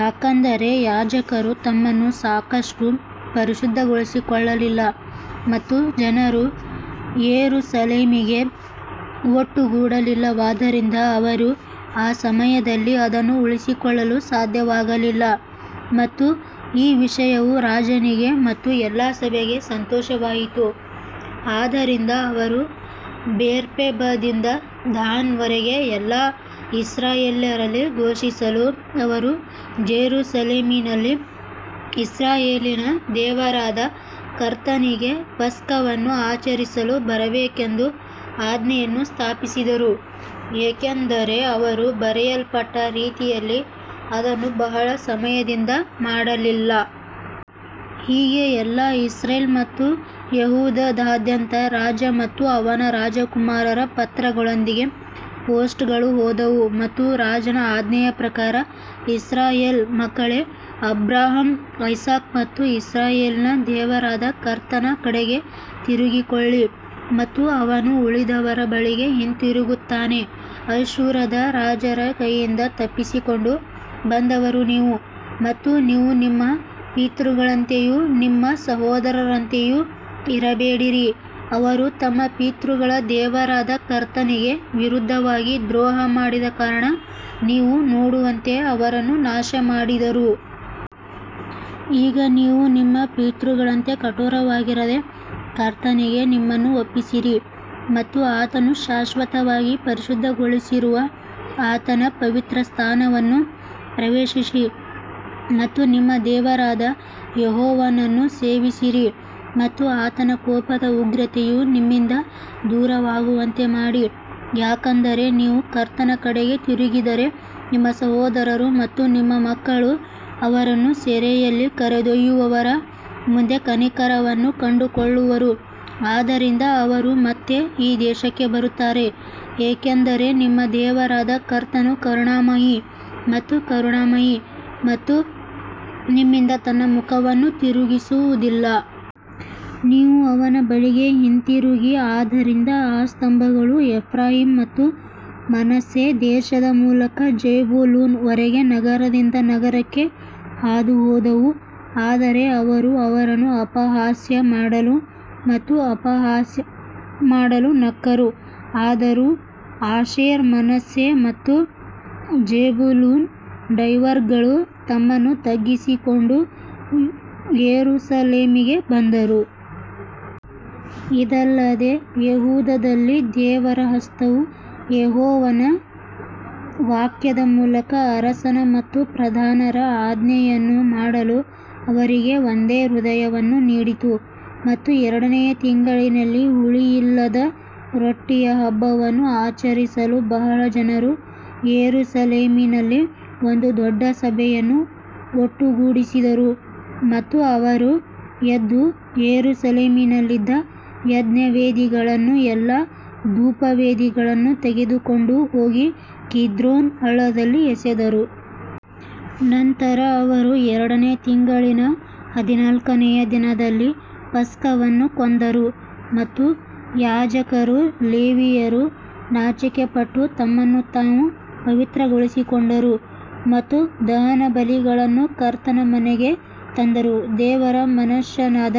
ಯಾಕಂದರೆ ಯಾಜಕರು ತಮ್ಮನ್ನು ಸಾಕಷ್ಟು ಪರಿಶುದ್ಧಗೊಳಿಸಿಕೊಳ್ಳಲಿಲ್ಲ ಮತ್ತು ಜನರು ಯೆರೂಸಲೇಮಿಗೆ ಒಟ್ಟುಗೂಡಲಿಲ್ಲವಾದ್ದರಿಂದ ಅವರು ಆ ಸಮಯದಲ್ಲಿ ಅದನ್ನು ಉಳಿಸಿಕೊಳ್ಳಲು ಸಾಧ್ಯವಾಗಲಿಲ್ಲ. ಮತ್ತು ಈ ವಿಷಯವು ರಾಜನಿಗೆ ಮತ್ತು ಎಲ್ಲಾ ಸಭೆಗೆ ಸಂತೋಷವಾಯಿತು ಆದ್ದರಿಂದ ಅವರು ಬೇರ್ಷೆಬದಿಂದ ದಾನ್ ವರೆಗೆ ಎಲ್ಲಾ ಇಸ್ರಾಯೇಲ್ಯರಲ್ಲಿ ಘೋಷಿಸಲು ಅವರು ಜೆರುಸಲೇಮಿನಲ್ಲಿ ಇಸ್ರಾಯೇಲಿನ ದೇವರಾದ ಕರ್ತನಿಗೆ ಪಸ್ಕವನ್ನು ಆಚರಿಸಲು ಬರಬೇಕೆಂದು ಆಜ್ಞೆಯನ್ನು ಸ್ಥಾಪಿಸಿದರು, ಏಕೆಂದರೆ ಅವರು ಬರೆಯಲ್ಪಟ್ಟ ರೀತಿಯಲ್ಲಿ ಅದನ್ನು ಬಹಳ ಸಮಯದಿಂದ ಮಾಡಲಿಲ್ಲ. ಹೀಗೆ ಎಲ್ಲಾ ಇಸ್ರೇಲ್ ಮತ್ತು ಯೆಹೂದದಾದ್ಯಂತ ರಾಜ ಮತ್ತು ಅವನ ರಾಜಕುಮಾರರ ಪತ್ರಗಳೊಂದಿಗೆ ಪೋಸ್ಟ್ಗಳು ಹೋದವು ಮತ್ತು ರಾಜನ ಆಜ್ಞೆಯ ಪ್ರಕಾರ ಇಸ್ರಾಯೇಲ್ ಮಕ್ಕಳೇ ಅಬ್ರಹಾಂ ಐಸಾಕ್ ಮತ್ತು ಇಸ್ರಾಯೇಲ್ನ ದೇವರಾದ ಕರ್ತನ ಕಡೆಗೆ ತಿರುಗಿಕೊಳ್ಳಿ ಮತ್ತು ಅವನು ಉಳಿದವರ ಬಳಿಗೆ ಹಿಂತಿರುಗುತ್ತಾನೆ. ಅಶ್ಶೂರದ ರಾಜರ ಕೈಯಿಂದ ತಪ್ಪಿಸಿಕೊಂಡು ಬಂದವರು ನೀವು ಮತ್ತು ನೀವು ನಿಮ್ಮ ಪಿತೃಗಳಂತೆಯೂ ನಿಮ್ಮ ಸಹೋದರರಂತೆಯೂ ಇರಬೇಡಿರಿ, ಅವರು ತಮ್ಮ ಪಿತೃಗಳ ದೇವರಾದ ಕರ್ತನಿಗೆ ವಿರುದ್ಧವಾಗಿ ದ್ರೋಹ ಮಾಡಿದ ಕಾರಣ ನೀವು ನೋಡುವಂತೆ ಅವರನ್ನು ನಾಶಮಾಡಿದರು. ಈಗ ನೀವು ನಿಮ್ಮ ಪಿತೃಗಳಂತೆ ಕಠೋರವಾಗಿರದೆ ಕರ್ತನಿಗೆ ನಿಮ್ಮನ್ನು ಒಪ್ಪಿಸಿರಿ ಮತ್ತು ಆತನು ಶಾಶ್ವತವಾಗಿ ಪರಿಶುದ್ಧಗೊಳಿಸಿರುವ ಆತನ ಪವಿತ್ರಸ್ಥಾನವನ್ನು ಪ್ರವೇಶಿಸಿ ಮತ್ತು ನಿಮ್ಮ ದೇವರಾದ ಯೆಹೋವನನ್ನು ಸೇವಿಸಿರಿ ಮತ್ತು ಆತನ ಕೋಪದ ಉಗ್ರತೆಯು ನಿಮ್ಮಿಂದ ದೂರವಾಗುವಂತೆ ಮಾಡಿ. ಯಾಕಂದರೆ ನೀವು ಕರ್ತನ ಕಡೆಗೆ ತಿರುಗಿದರೆ ನಿಮ್ಮ ಸಹೋದರರು ಮತ್ತು ನಿಮ್ಮ ಮಕ್ಕಳು ಅವರನ್ನು ಸೆರೆಯಲ್ಲಿ ಕರೆದೊಯ್ಯುವವರ ಮುಂದೆ ಕನಿಕರವನ್ನು ಕಂಡುಕೊಳ್ಳುವರು, ಆದ್ದರಿಂದ ಅವರು ಮತ್ತೆ ಈ ದೇಶಕ್ಕೆ ಬರುತ್ತಾರೆ, ಏಕೆಂದರೆ ನಿಮ್ಮ ದೇವರಾದ ಕರ್ತನು ಕರುಣಾಮಯಿ ಮತ್ತು ಕರುಣಾಮಯಿ ಮತ್ತು ನಿಮ್ಮಿಂದ ತನ್ನ ಮುಖವನ್ನು ತಿರುಗಿಸುವುದಿಲ್ಲ. ನೀವು ಅವನ ಬಳಿಗೆ ಹಿಂತಿರುಗಿ ಆದ್ದರಿಂದ ಆ ಸ್ತಂಭಗಳು ಎಫ್ರಾಯೀಮ್ ಮತ್ತು ಮನಸ್ಸೆ ದೇಶದ ಮೂಲಕ ಜೆಬುಲೂನ್ ವರೆಗೆ ನಗರದಿಂದ ನಗರಕ್ಕೆ ಹಾದುಹೋದವು ಆದರೆ ಅವರು ಅವರನ್ನು ಅಪಹಾಸ್ಯ ಮಾಡಲು ಮತ್ತು ಅಪಹಾಸ್ಯ ಮಾಡಲು ನಕ್ಕರು. ಆದರೂ ಆಶೇರ್, ಮನಸ್ಸೆ ಮತ್ತು ಜೆಬುಲೂನ್ನ ಡೈವರ್ಗಳು ತಮ್ಮನ್ನು ತಗ್ಗಿಸಿಕೊಂಡು ಯೆರೂಸಲೇಮಿಗೆ ಬಂದರು. ಇದಲ್ಲದೆ ಯೆಹೂದದಲ್ಲಿ ದೇವರ ಹಸ್ತವು ಯೆಹೋವನ ವಾಕ್ಯದ ಮೂಲಕ ಅರಸನ ಮತ್ತು ಪ್ರಧಾನರ ಆಜ್ಞೆಯನ್ನು ಮಾಡಲು ಅವರಿಗೆ ಒಂದೇ ಹೃದಯವನ್ನು ನೀಡಿತು. ಮತ್ತು ಎರಡನೆಯ ತಿಂಗಳಿನಲ್ಲಿ ಹುಳಿಯಿಲ್ಲದ ರೊಟ್ಟಿಯ ಹಬ್ಬವನ್ನು ಆಚರಿಸಲು ಬಹಳ ಜನರು ಯೆರೂಸಲೇಮಿನಲ್ಲಿ ಒಂದು ದೊಡ್ಡ ಸಭೆಯನ್ನು ಒಟ್ಟುಗೂಡಿಸಿದರು. ಮತ್ತು ಅವರು ಎದ್ದು ಯೆರೂಸಲೇಮಿನಲ್ಲಿದ್ದ ಯಜ್ಞವೇದಿಗಳನ್ನೂ ಎಲ್ಲಾ ಧೂಪವೇದಿಗಳನ್ನೂ ತೆಗೆದುಕೊಂಡು ಹೋಗಿ ಕಿದ್ರೋನ್ ಹಳ್ಳದಲ್ಲಿ ಎಸೆದರು. ನಂತರ ಅವರು ಎರಡನೇ ತಿಂಗಳಿನ ಹದಿನಾಲ್ಕನೆಯ ದಿನದಲ್ಲಿ ಪಸ್ಕವನ್ನು ಕೊಂದರು ಮತ್ತು ಯಾಜಕರೂ ಲೇವಿಯರೂ ನಾಚಿಕೆಪಟ್ಟು ತಮ್ಮನ್ನು ತಾವು ಪವಿತ್ರಗೊಳಿಸಿಕೊಂಡರು ಮತ್ತು ದಹನಬಲಿಗಳನ್ನು ಕರ್ತನ ಮನೆಗೆ ತಂದರು. ದೇವರ ಮನುಷ್ಯನಾದ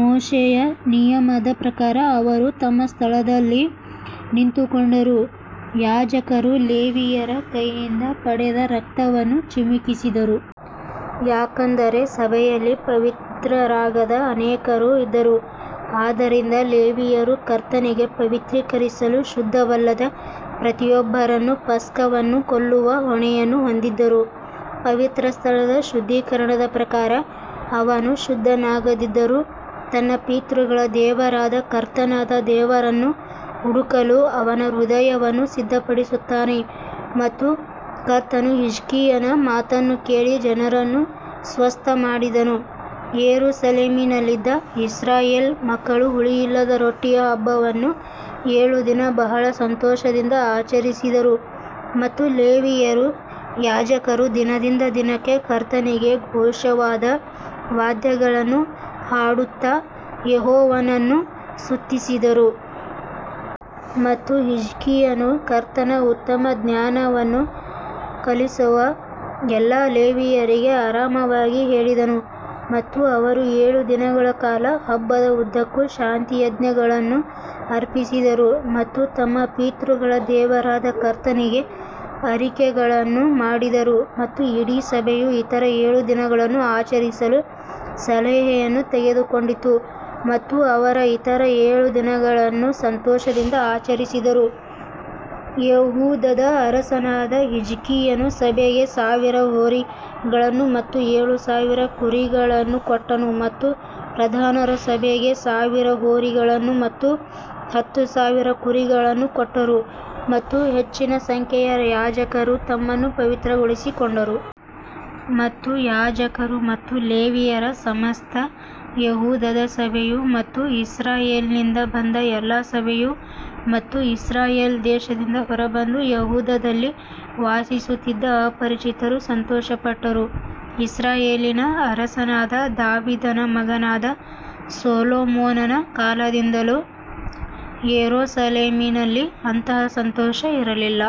ಮೋಶೆಯ ನಿಯಮದ ಪ್ರಕಾರ ಅವರು ತಮ್ಮ ಸ್ಥಳದಲ್ಲಿ ನಿಂತುಕೊಂಡರು, ಯಾಜಕರು ಲೇವಿಯರ ಕೈಯಿಂದ ಪಡೆದ ರಕ್ತವನ್ನು ಚಿಮುಕಿಸಿದರು. ಯಾಕಂದರೆ ಸಭೆಯಲ್ಲಿ ಪವಿತ್ರರಾಗದ ಅನೇಕರು ಇದ್ದರು, ಆದ್ದರಿಂದ ಲೇವಿಯರು ಕರ್ತನಿಗೆ ಪವಿತ್ರೀಕರಿಸಲು ಶುದ್ಧವಲ್ಲದ ಪ್ರತಿಯೊಬ್ಬರನ್ನೂ ಪಸ್ಕವನ್ನು ಕೊಲ್ಲುವ ಹೊಣೆಯನ್ನು ಹೊಂದಿದ್ದರು. ಪವಿತ್ರಸ್ಥಳದ ಶುದ್ಧೀಕರಣದ ಪ್ರಕಾರ ಅವನು ಶುದ್ಧನಾಗದಿದ್ದರೂ ತನ್ನ ಪಿತೃಗಳ ದೇವರಾದ ಕರ್ತನಾದ ದೇವರನ್ನು ಹುಡುಕಲು ಅವನ ಹೃದಯವನ್ನು ಸಿದ್ಧಪಡಿಸುತ್ತಾನೆ. ಮತ್ತು ಕರ್ತನು ಹಿಜ್ಕೀಯನ ಮಾತನ್ನು ಕೇಳಿ ಜನರನ್ನು ಸ್ವಸ್ಥಮಾಡಿದನು ಯೆರೂಸಲೇಮಿನಲ್ಲಿದ್ದ ಇಸ್ರಾಯೇಲ್ ಮಕ್ಕಳು ಹುಳಿಯಿಲ್ಲದ ರೊಟ್ಟಿಯ ಹಬ್ಬವನ್ನು ಏಳು ದಿನ ಬಹಳ ಸಂತೋಷದಿಂದ ಆಚರಿಸಿದರು ಮತ್ತು ಲೇವಿಯರೂ ಯಾಜಕರೂ ದಿನದಿಂದ ದಿನಕ್ಕೆ ಕರ್ತನಿಗೆ ಘೋಷವಾದ ವಾದ್ಯಗಳನ್ನು ಹಾಡುತ್ತಾ ಯೆಹೋವನನ್ನು ಸ್ತುತಿಸಿದರು. ಮತ್ತು ಹಿಜ್ಕೀಯನು ಕರ್ತನ ಉತ್ತಮ ಜ್ಞಾನವನ್ನು ಕಲಿಸುವ ಎಲ್ಲಾ ಲೇವಿಯರಿಗೆ ಆರಾಮವಾಗಿ ಹೇಳಿದನು ಮತ್ತು ಅವರು ಏಳು ದಿನಗಳ ಕಾಲ ಹಬ್ಬದ ಉದ್ದಕ್ಕೂ ಶಾಂತಿಯಜ್ಞಗಳನ್ನು ಅರ್ಪಿಸಿದರು ಮತ್ತು ತಮ್ಮ ಪಿತೃಗಳ ದೇವರಾದ ಕರ್ತನಿಗೆ ಅರಿಕೆಗಳನ್ನು ಮಾಡಿದರು. ಮತ್ತು ಇಡೀ ಸಭೆಯು ಇತರ ಏಳು ದಿನಗಳನ್ನು ಆಚರಿಸಲು ಸಲಹೆಯನ್ನು ತೆಗೆದುಕೊಂಡಿತು ಮತ್ತು ಅವರು ಇತರ ಏಳು ದಿನಗಳನ್ನು ಸಂತೋಷದಿಂದ ಆಚರಿಸಿದರು ಯೆಹೂದದ ಅರಸನಾದ ಹಿಜ್ಕೀಯನು ಸಭೆಗೆ ಸಾವಿರ ಹೋರಿಗಳನ್ನು ಮತ್ತು ಏಳು ಸಾವಿರ ಕುರಿಗಳನ್ನು ಕೊಟ್ಟನು ಮತ್ತು ಪ್ರಧಾನರು ಸಭೆಗೆ ಸಾವಿರ ಹೋರಿಗಳನ್ನು ಮತ್ತು ಹತ್ತು ಸಾವಿರ ಕುರಿಗಳನ್ನು ಕೊಟ್ಟರು ಮತ್ತು ಹೆಚ್ಚಿನ ಸಂಖ್ಯೆಯ ಯಾಜಕರು ತಮ್ಮನ್ನು ಪವಿತ್ರಗೊಳಿಸಿಕೊಂಡರು. ಮತ್ತು ಯಾಜಕರು ಮತ್ತು ಲೇವಿಯರ ಸಮಸ್ತ ಯೆಹೂದದ ಸಭೆಯು ಮತ್ತು ಇಸ್ರಾಯೇಲ್ನಿಂದ ಬಂದ ಎಲ್ಲಾ ಸಭೆಯು ಮತ್ತು ಇಸ್ರಾಯೇಲ್ ದೇಶದಿಂದ ಹೊರಬಂದು ಯೆಹೂದದಲ್ಲಿ ವಾಸಿಸುತ್ತಿದ್ದ ಅಪರಿಚಿತರು ಸಂತೋಷಪಟ್ಟರು. ಇಸ್ರಾಯೇಲಿನ ಅರಸನಾದ ದಾವೀದನ ಮಗನಾದ ಸೊಲೊಮೋನನ ಕಾಲದಿಂದಲೂ ಯೆರೂಸಲೇಮಿನಲ್ಲಿ ಅಂತಹ ಸಂತೋಷ ಇರಲಿಲ್ಲ.